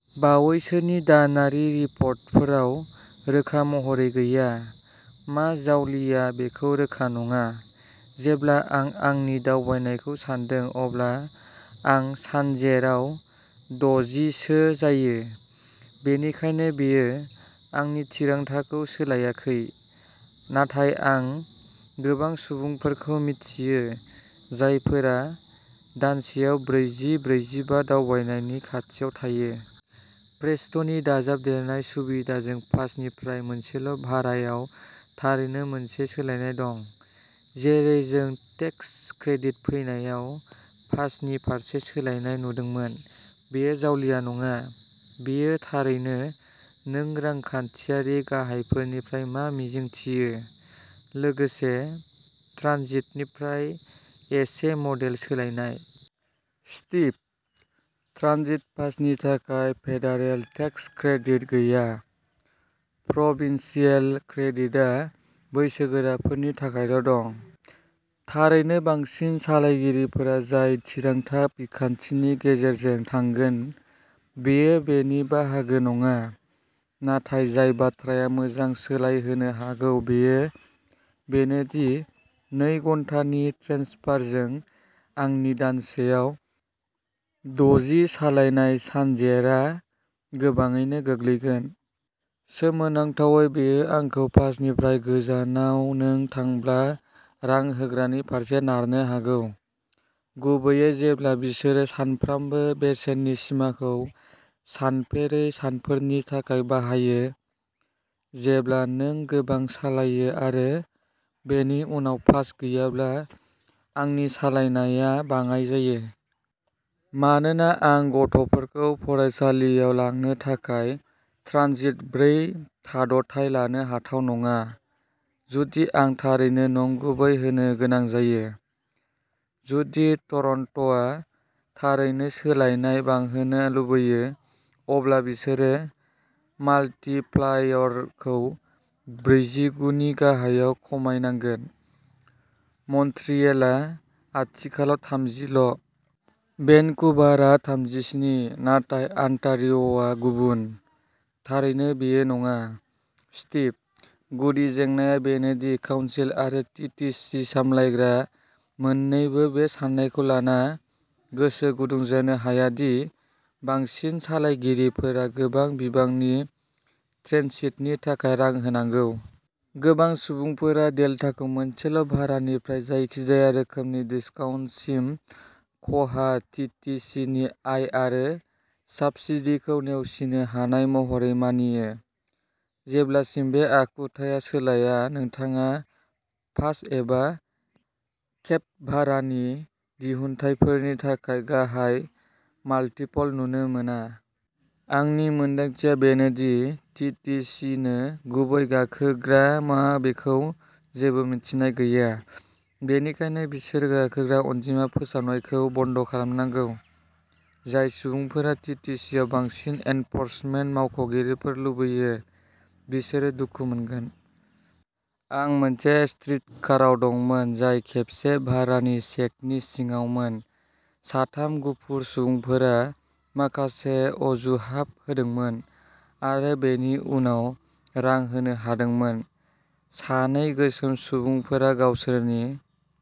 बावैसोनि दानारि रिपरटफोराव रोखा महरै गैया। मा जावलिया बेखौ रोखा नङा। जेब्ला आं आंनि दावबायनायखौ सानदों अब्ला आं सानजेराव दजि सो जायो। बेनिखायनो बेयो आंनि थिरांथाखौ सोलायाखै। नाथाय आं गोबां सुबुंफोरखौ मिथियो जायफोरा दानसेआव ब्रैजि-ब्रैजिबा दावबायनायनि खाथियाव थायो। प्रेस्ट'नि दाजाबदेरनाय सुबिदाजों पासनिफ्राय मोनसेल' भारायाव थारैनो मोनसे सोलायनाय दं। जेरै जों टेक्स क्रेडिट फैनायाव पासनि फारसे सोलायनाय नुदोंमोन। बेयो जावलिया नङा। बेयो थारैनो नों रांखान्थियारि गाहायफोरनिफ्राय मा मिजिंथियो। लोगोसे ट्रानजिटनिफ्राय एसे मडेल सोलायनाय। स्टीभः ट्रानजिट पासनि थाखाय फेडारेल टेक्स क्रेडिट गैया। प्रभिन्सियेल क्रेडिटआ बैसोगोराफोरनि थाखायल' दं। थारैनो बांसिन सालायगिरिफोरा जाय थिरांथा बिखान्थिनि गेजेरजों थांगोन बेयो बेनि बाहागो नङा। नाथाय जाय बाथ्राया मोजां सोलायहोनो हागौ बेयो बेनो दि नै घन्टानि ट्रेन्सफारजों आंनि दानसेआव दजि सालायनाय सानजेरआ गोबाङैनो गोग्लैगोन। सोमोनांथावै बेयो आंखौ पासनिफ्राय गोजानाव नों थांब्ला रां होग्रानि फारसे नारनो हागौ। गुबैयै जेब्ला बिसोरो सानफ्रामबो बेसेननि सिमाखौ सानफेरै सानफोरनि थाखाय बाहायो। जेब्ला नों गोबां सालायो आरो बेनि उनाव पास गैयाब्ला आंनि सालायनायआ बाङाइ जायो। मानोना आं गथ'फोरखौ फरायसालियाव लांनो थाखाय ट्रानजिट ब्रै थाद'नाय लानो हाथाव नङा। जुदि आं थारैनो नंगुबै होनो गोनां जायो। जुदि टरन्ट'आ थारैनो सालायनाय बांहोनो लुबैयो अब्ला बिसोरो माल्टिप्लायरखौ ब्रैजिगु नि गाहायाव खमायनांगोन। मन्ट्रियेलआ आथिखालाव थामजि ल'। भेनकुभार आ थामजिस्नि। नाथाय अन्टारिय'आ गुबुन। थारैनो बेयो नङा। स्टिभः गुदि जेंनाया बेनो दि काउन्सिल आरो टि टि सि सामलायग्रा मोननैबो बे साननायखौ लाना गोसो गुदुं जानो हाया दि बांसिन सालायगिरिफोरा गोबां बिबांनि ट्रेन्सितनि थाखाय रां होनांगौ। गोबां सुबुंफोरा डेल्टाखौ मोनसेल' भारानिफ्राय जायखिजाया रोखोमनि डिस्काउन्टसिम खहा टि टि सि नि आय आरो साबसिडिखौ नेवसिनो हानाय महरै मानियो। जेब्लासिम बे आखुथाया सोलाया नोंथाङा पास एबा केप्ड भारानि दिहुनथायफोरनि थाखाय गाहाय माल्टिपल नुनो मोना। आंनि मोनदांथिआ बेनो दि टि टि सि नो गुबै गाखोग्रा मा बेखौ जेबो मिन्थिनाय गैया। बेनिखायनो बिसोरो गाखोग्रा अनजिमा फोसावनायखौ बन्द खालामनांगौ। जाय सुबुंफोरा टि टि सि आव बांसिन एनफर्समेन्ट मावख'गिरिफोर लुबैयो बिसोरो दुखु मोनगोन। आं मोनसे स्ट्रीटकाराव दंमोन जाय खेबसे भारानि चेकनि सिङावमोन। साथाम गुफुर सुबुंफोरा माखासे अजुहाब होदोंमोन आरो बेनि उनाव रां होनो हादोंमोन। सानै गोसोम सुबुंफोरा गावसोरनि